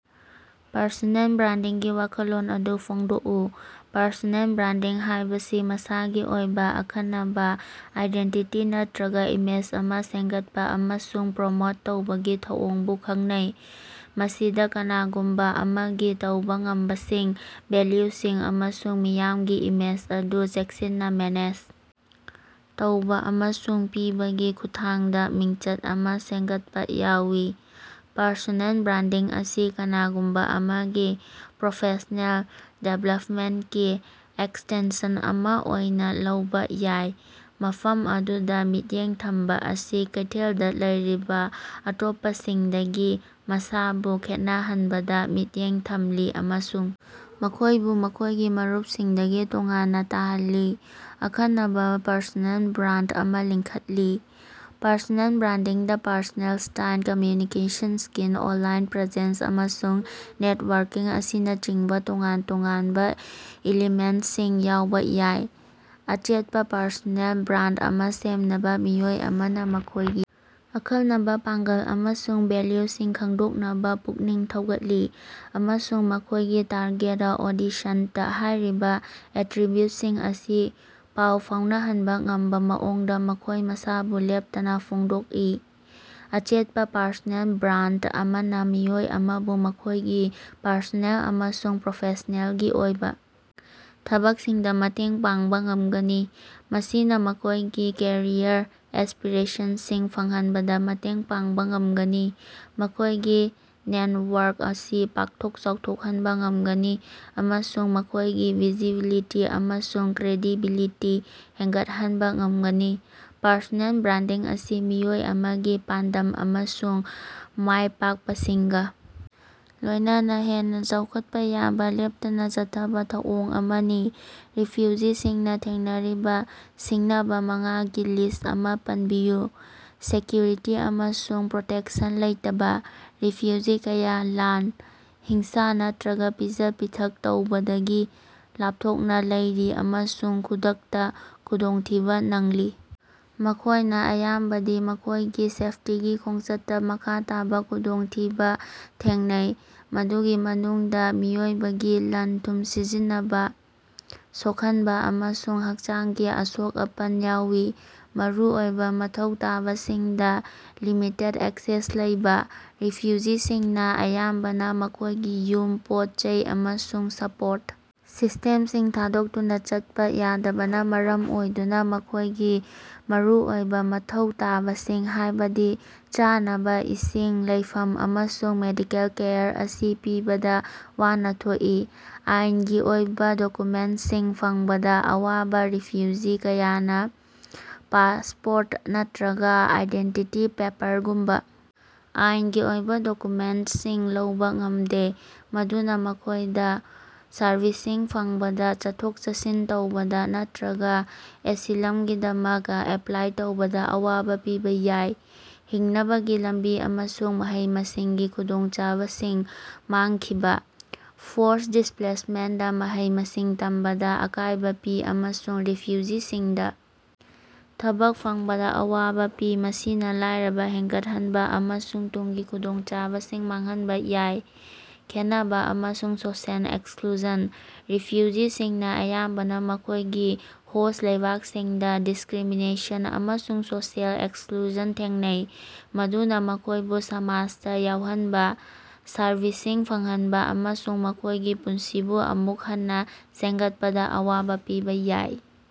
Personal ꯕ꯭ꯔꯥꯟꯗꯤꯡꯒꯤ ꯋꯥꯈꯜꯂꯣꯟ ꯑꯗꯨ ꯐꯣꯡꯗꯣꯛꯎ꯫ ꯄꯔꯁꯣꯅꯦꯜ ꯕ꯭ꯔꯥꯟꯗꯤꯡ ꯍꯥꯏꯕꯁꯤ ꯃꯁꯥꯒꯤ ꯑꯣꯏꯕ ꯑꯈꯟꯅꯕ ꯑꯥꯏꯗꯦꯟꯇꯤꯇꯤ ꯅꯠꯇꯔꯒ ꯏꯃꯦꯖ ꯑꯃ ꯁꯦꯝꯒꯠꯄ ꯑꯃꯁꯨꯡ ꯄ꯭ꯔꯃꯣꯠ ꯇꯧꯕꯒꯤ ꯊꯧꯑꯣꯡꯕꯨ ꯈꯪꯅꯩ꯫ ꯃꯁꯤꯗ ꯀꯅꯥꯒꯨꯝꯕ ꯑꯃꯒꯤ ꯇꯧꯕ ꯉꯝꯕꯁꯤꯡ, ꯚꯦꯂ꯭ꯌꯨꯁꯤꯡ ꯑꯃꯁꯨꯡ ꯃꯤꯌꯥꯝꯒꯤ ꯏꯃꯦꯖ ꯑꯗꯨ ꯆꯦꯛꯁꯤꯟꯅ ꯃꯦꯅꯦꯖ ꯇꯧꯕ ꯑꯃꯁꯨꯡ ꯄꯤꯕꯒꯤ ꯈꯨꯠꯊꯥꯡꯗ ꯃꯤꯡꯆꯠ ꯑꯃ ꯁꯦꯝꯒꯠꯄ ꯌꯥꯎꯏ꯫ ꯄꯔꯁꯣꯅꯦꯜ ꯕ꯭ꯔꯥꯟꯗꯤꯡ ꯑꯁꯤ ꯀꯅꯥꯒꯨꯝꯕ ꯑꯃꯒꯤ ꯄ꯭ꯔꯣꯐꯦꯁ꯭ꯅꯦꯜ ꯗꯤꯕꯦꯂꯞꯃꯦꯟꯇꯀꯤ ꯑꯦꯛꯁꯇꯦꯟꯁꯟ ꯑꯃ ꯑꯣꯏꯅ ꯂꯧꯕ ꯌꯥꯏ, ꯃꯐꯝ ꯑꯗꯨꯗ ꯃꯤꯠꯌꯦꯡ ꯊꯝꯕ ꯑꯁꯤ ꯀꯩꯊꯦꯜꯗ ꯂꯩꯔꯤꯕ ꯑꯇꯣꯞꯄꯁꯤꯡꯗꯒꯤ ꯃꯁꯥꯕꯨ ꯈꯦꯠꯅꯍꯟꯕꯗ ꯃꯤꯠꯌꯦꯡ ꯊꯝꯂꯤ, ꯑꯃꯁꯨꯡ ꯃꯈꯣꯏꯕꯨ ꯃꯈꯣꯏꯒꯤ ꯃꯔꯨꯞꯁꯤꯡꯗꯒꯤ ꯇꯣꯉꯥꯟꯅ ꯇꯥꯍꯜꯂꯤꯕ ꯑꯈꯟꯅꯕ ꯄꯔꯁꯣꯅꯦꯜ ꯕ꯭ꯔꯥꯟꯗ ꯑꯃ ꯂꯤꯡꯈꯠꯂꯤ꯫ ꯄꯔꯁꯣꯅꯦꯜ ꯕ꯭ꯔꯥꯟꯗꯤꯡꯗ personal style, communication skill, online presence, ꯑꯃꯁꯨꯡ ꯅꯦꯠꯋꯥꯔꯀꯤꯡ ꯑꯁꯤꯅꯆꯤꯡꯕ ꯇꯣꯉꯥꯟ-ꯇꯣꯉꯥꯟꯕ ꯏꯂꯤꯃꯦꯟꯇꯁꯤꯡ ꯌꯥꯎꯕ ꯌꯥꯏ꯫ ꯑꯆꯦꯠꯄ ꯄꯔꯁꯣꯅꯦꯜ ꯕ꯭ꯔꯥꯟꯗ ꯑꯃ ꯁꯦꯝꯅꯕ, ꯃꯤꯑꯣꯏ ꯑꯃꯅ ꯃꯈꯣꯏꯒꯤ ꯑꯈꯟꯅꯕ ꯄꯥꯡꯒꯜ ꯑꯃꯁꯨꯡ ꯚꯦꯂ꯭ꯌꯨꯁꯤꯡ ꯈꯪꯗꯣꯛꯅꯕ ꯄꯨꯛꯅꯤꯡ ꯊꯧꯒꯠꯂꯤ, ꯑꯃꯁꯨꯡ ꯃꯈꯣꯏꯒꯤ ꯇꯥꯔꯒꯦꯠ ꯑꯣꯗꯤꯁꯟꯗꯥ ꯍꯥꯏꯔꯤꯕ‌ ꯑꯦꯇꯔꯤꯕ꯭ꯌꯨꯠꯁꯤꯡ ꯑꯁꯤ ꯄꯥꯎ ꯐꯥꯎꯅꯍꯟꯕ ꯉꯝꯕ ꯃꯑꯣꯡꯗ ꯃꯈꯣꯏ ꯃꯁꯥꯕꯨ ꯂꯦꯞꯇꯅ ꯐꯣꯡꯗꯣꯛꯏ꯫ ꯑꯆꯦꯠꯄ ꯄꯔꯁꯣꯅꯦꯜ ꯕ꯭ꯔꯥꯟꯗ ꯑꯃꯅ ꯃꯤꯑꯣꯏ ꯑꯃꯕꯨ ꯃꯈꯣꯏꯒꯤ ꯄꯔꯁꯣꯅꯦꯜ ꯑꯃꯁꯨꯡ ꯄ꯭ꯔꯣꯐꯦꯁ꯭ꯅꯦꯜꯒꯤ ꯑꯣꯏꯕ ꯊꯕꯛꯁꯤꯡꯗ ꯃꯇꯦꯡ ꯄꯥꯡꯕ ꯉꯝꯒꯅꯤ꯫ ꯃꯁꯤꯅ ꯃꯈꯣꯏꯒꯤ ꯀꯦꯔꯤꯌꯔ ꯑꯦꯁ꯭ꯄꯤꯔꯦꯁꯟꯁꯤꯡ ꯐꯪꯍꯟꯕꯗ ꯃꯇꯦꯡ ꯄꯥꯡꯕ ꯉꯝꯒꯅꯤ, ꯃꯈꯣꯏꯒꯤ ꯅꯦꯟꯋꯔꯛ ꯑꯁꯤ ꯄꯥꯛꯊꯣꯛ ꯆꯥꯎꯊꯣꯛꯍꯟꯕ ꯉꯝꯒꯅꯤ ꯑꯃꯁꯨꯡ ꯃꯈꯣꯏꯒꯤ ꯚꯤꯖꯤꯕꯤꯂꯤꯇꯤ ꯑꯃꯁꯨꯡ ꯀ꯭ꯔꯦꯗꯤꯕꯤꯂꯤꯇꯤ ꯍꯦꯟꯒꯠꯍꯟꯕ ꯉꯝꯒꯅꯤ꯫ ꯄꯔꯁꯣꯅꯦꯜ ꯕ꯭ꯔꯥꯟꯗꯤꯡ ꯑꯁꯤ ꯃꯤꯑꯣꯏ ꯑꯃꯒꯤ ꯄꯥꯟꯗꯝ ꯑꯃꯁꯨꯡ ꯃꯥꯏꯄꯥꯛꯄꯁꯤꯡꯒ ꯂꯣꯏꯅꯅꯥ ꯍꯦꯟꯅ ꯆꯥꯎꯈꯠꯄ ꯌꯥꯕ ꯂꯦꯞꯇꯅꯥ ꯆꯠꯊꯕꯥ ꯊꯧꯑꯣꯡ ꯑꯃꯅꯤ꯫ ꯔꯤꯐ꯭ꯌꯨꯖꯤꯁꯤꯡꯅ ꯊꯦꯡꯅꯔꯤꯕ ꯁꯤꯡꯅꯕꯥ ꯃꯉꯥꯒꯤ ꯂꯤꯁ꯭ꯠ ꯑꯃ ꯄꯟꯕꯤꯌꯨ꯫ ꯁꯦꯀ꯭ꯌꯨꯔꯤꯇꯤ ꯑꯃꯁꯨꯡ ꯄ꯭ꯔꯣꯇꯦꯛꯁꯟ ꯂꯩꯇꯕꯥ - ꯔꯤꯐ꯭ꯌꯨꯖꯤ ꯀꯌꯥ ꯂꯥꯟ, ꯍꯤꯡꯁꯥ ꯅꯠꯇꯔꯒ ꯄꯤꯖ-ꯄꯤꯊꯛ ꯇꯧꯕꯗꯒꯤ ꯂꯥꯞꯊꯣꯛꯅ ꯂꯩꯔꯤ ꯑꯃꯁꯨꯡ ꯈꯨꯗꯛꯇ ꯈꯨꯗꯣꯡꯊꯤꯕ ꯅꯪꯂꯤ꯫ ꯃꯈꯣꯏꯅ ꯑꯌꯥꯝꯕꯗꯤ ꯃꯈꯣꯏꯒꯤ ꯁꯦꯐꯇꯤꯒꯤ ꯈꯣꯡꯆꯠꯇ ꯃꯈꯥ ꯇꯥꯕ ꯈꯨꯗꯣꯡꯊꯤꯕ ꯊꯦꯡꯅꯩ, ꯃꯗꯨꯒꯤ ꯃꯅꯨꯡꯗ ꯃꯤꯑꯣꯏꯕꯒꯤ ꯂꯟ-ꯊꯨꯝ ꯁꯤꯖꯤꯟꯅꯕꯥ, ꯁꯣꯛꯍꯟꯕ, ꯑꯃꯁꯨꯡ ꯍꯛꯆꯥꯡꯒꯤ ꯑꯁꯣꯛ-ꯑꯄꯟ ꯌꯥꯎꯏ꯫ ꯃꯔꯨꯑꯣꯏꯕ ꯃꯊꯧ ꯇꯥꯕꯁꯤꯡꯗ ꯂꯤꯃꯤꯇꯦꯗ ꯑꯦꯛꯁꯦꯁ ꯂꯩꯕ - ꯔꯤꯐ꯭ꯌꯨꯖꯤꯁꯤꯡꯅ ꯑꯌꯥꯝꯕꯅꯥ ꯃꯈꯣꯏꯒꯤ ꯌꯨꯝ, ꯄꯣꯠ-ꯆꯩ ꯑꯃꯁꯨꯡ ꯁꯄꯣꯔꯠ ꯁꯤꯁꯇꯦꯝꯁꯤꯡ ꯊꯥꯗꯣꯛꯇꯨꯅ ꯆꯠꯄ ꯌꯥꯗꯕꯅ ꯃꯔꯝ ꯑꯣꯏꯗꯨꯅ ꯃꯈꯣꯏꯒꯤ ꯃꯔꯨꯑꯣꯏꯕ ꯃꯊꯧ ꯇꯥꯕꯁꯤꯡ ꯍꯥꯏꯕꯗꯤ ꯆꯥꯅꯕꯥ, ꯏꯁꯤꯡ, ꯂꯩꯐꯝ, ꯑꯃꯁꯨꯡ ꯃꯦꯗꯤꯀꯦꯜ ꯀꯦꯌꯔ ꯑꯁꯤ ꯄꯤꯕꯗ ꯋꯥꯅ ꯊꯣꯛꯏ꯫ ꯑꯥꯏꯟꯒꯤ ꯑꯣꯏꯕ ꯗꯣꯀ꯭ꯌꯨꯃꯦꯟꯇꯁꯤꯡ ꯐꯪꯕꯗ ꯑꯋꯥꯕ - ꯔꯤꯐ꯭ꯌꯨꯖꯤ ꯀꯌꯥꯅ ꯄꯥꯁꯄꯣꯔꯠ ꯅꯠꯇꯔꯒ ꯑꯥꯏꯗꯦꯟꯇꯤꯇꯤ ꯄꯦꯄꯔꯒꯨꯝꯕ ꯑꯥꯏꯟꯒꯤ ꯑꯣꯏꯕ ꯗꯣꯀ꯭ꯌꯨꯃꯦꯟꯇꯁꯤꯡ ꯂꯧꯕ ꯉꯝꯗꯦ, ꯃꯗꯨꯅ ꯃꯈꯣꯏꯗꯥ ꯁꯔꯚꯤꯁꯁꯤꯡ ꯐꯪꯕꯗ, ꯆꯠꯊꯣꯛ-ꯆꯠꯁꯤꯟ ꯇꯧꯕꯗ ꯅꯠꯇꯔꯒ ꯑꯦꯁꯤꯂꯝꯒꯤꯗꯃꯛꯇ ꯑꯦꯄ꯭ꯂꯥꯏ ꯇꯧꯕꯗ ꯑꯋꯥꯕ ꯄꯤꯕ ꯌꯥꯏ꯫ ꯍꯤꯡꯅꯕꯒꯤ ꯂꯝꯕꯤ ꯑꯃꯁꯨꯡ ꯃꯍꯩ-ꯃꯁꯤꯡꯒꯤ ꯈꯨꯗꯣꯡꯆꯥꯕꯁꯤꯡ ꯃꯥꯡꯈꯤꯕ - ꯐꯣꯔꯁ ꯗꯤꯁꯄ꯭ꯂꯦꯁꯃꯦꯟꯇꯅꯥ ꯃꯍꯩ-ꯃꯁꯤꯡ ꯇꯝꯕꯗ ꯑꯀꯥꯏꯕ ꯄꯤ ꯑꯃꯁꯨꯡ ꯔꯤꯐ꯭ꯌꯨꯖꯤꯁꯤꯡꯗ ꯊꯕꯛ ꯐꯪꯕꯗ ꯑꯋꯥꯕ ꯄꯤ, ꯃꯁꯤꯅ ꯂꯥꯏꯔꯕꯥ ꯍꯦꯟꯒꯠꯍꯟꯕ ꯑꯃꯁꯨꯡ ꯇꯨꯡꯒꯤ ꯈꯨꯗꯣꯡꯆꯥꯕꯁꯤꯡ ꯃꯥꯡꯍꯟꯕ ꯌꯥꯏ꯫ ꯈꯦꯟꯅꯕ ꯑꯃꯁꯨꯡ ꯁꯣꯁꯤꯑꯦꯜ ꯑꯦꯛꯁꯀ꯭ꯂꯨꯁꯟ - ꯔꯤꯐ꯭ꯌꯨꯖꯤꯁꯤꯡꯅ ꯑꯌꯥꯝꯕꯅ ꯃꯈꯣꯏꯒꯤ ꯍꯣꯁ꯭ꯠ ꯂꯩꯕꯥꯛꯁꯤꯡꯗ ꯗꯤꯁꯀ꯭ꯔꯤꯃꯤꯅꯦꯁꯟ ꯑꯃꯁꯨꯡ ꯁꯣꯁꯤꯑꯦꯜ ꯑꯦꯛꯁꯀ꯭ꯂꯨꯁꯟ ꯊꯦꯡꯅꯩ, ꯃꯗꯨꯅ ꯃꯈꯣꯏꯕꯨ ꯁꯃꯥꯖꯗ ꯌꯥꯎꯍꯟꯕ, ꯁꯔꯚꯤꯁꯁꯤꯡ ꯐꯪꯍꯟꯕ ꯑꯃꯁꯨꯡ ꯃꯈꯣꯏꯒꯤ ꯄꯨꯟꯁꯤꯕꯨ ꯑꯃꯨꯛ ꯍꯟꯅ ꯁꯦꯝꯒꯠꯄꯗ ꯑꯋꯥꯕ ꯄꯤꯕ ꯌꯥꯏ꯫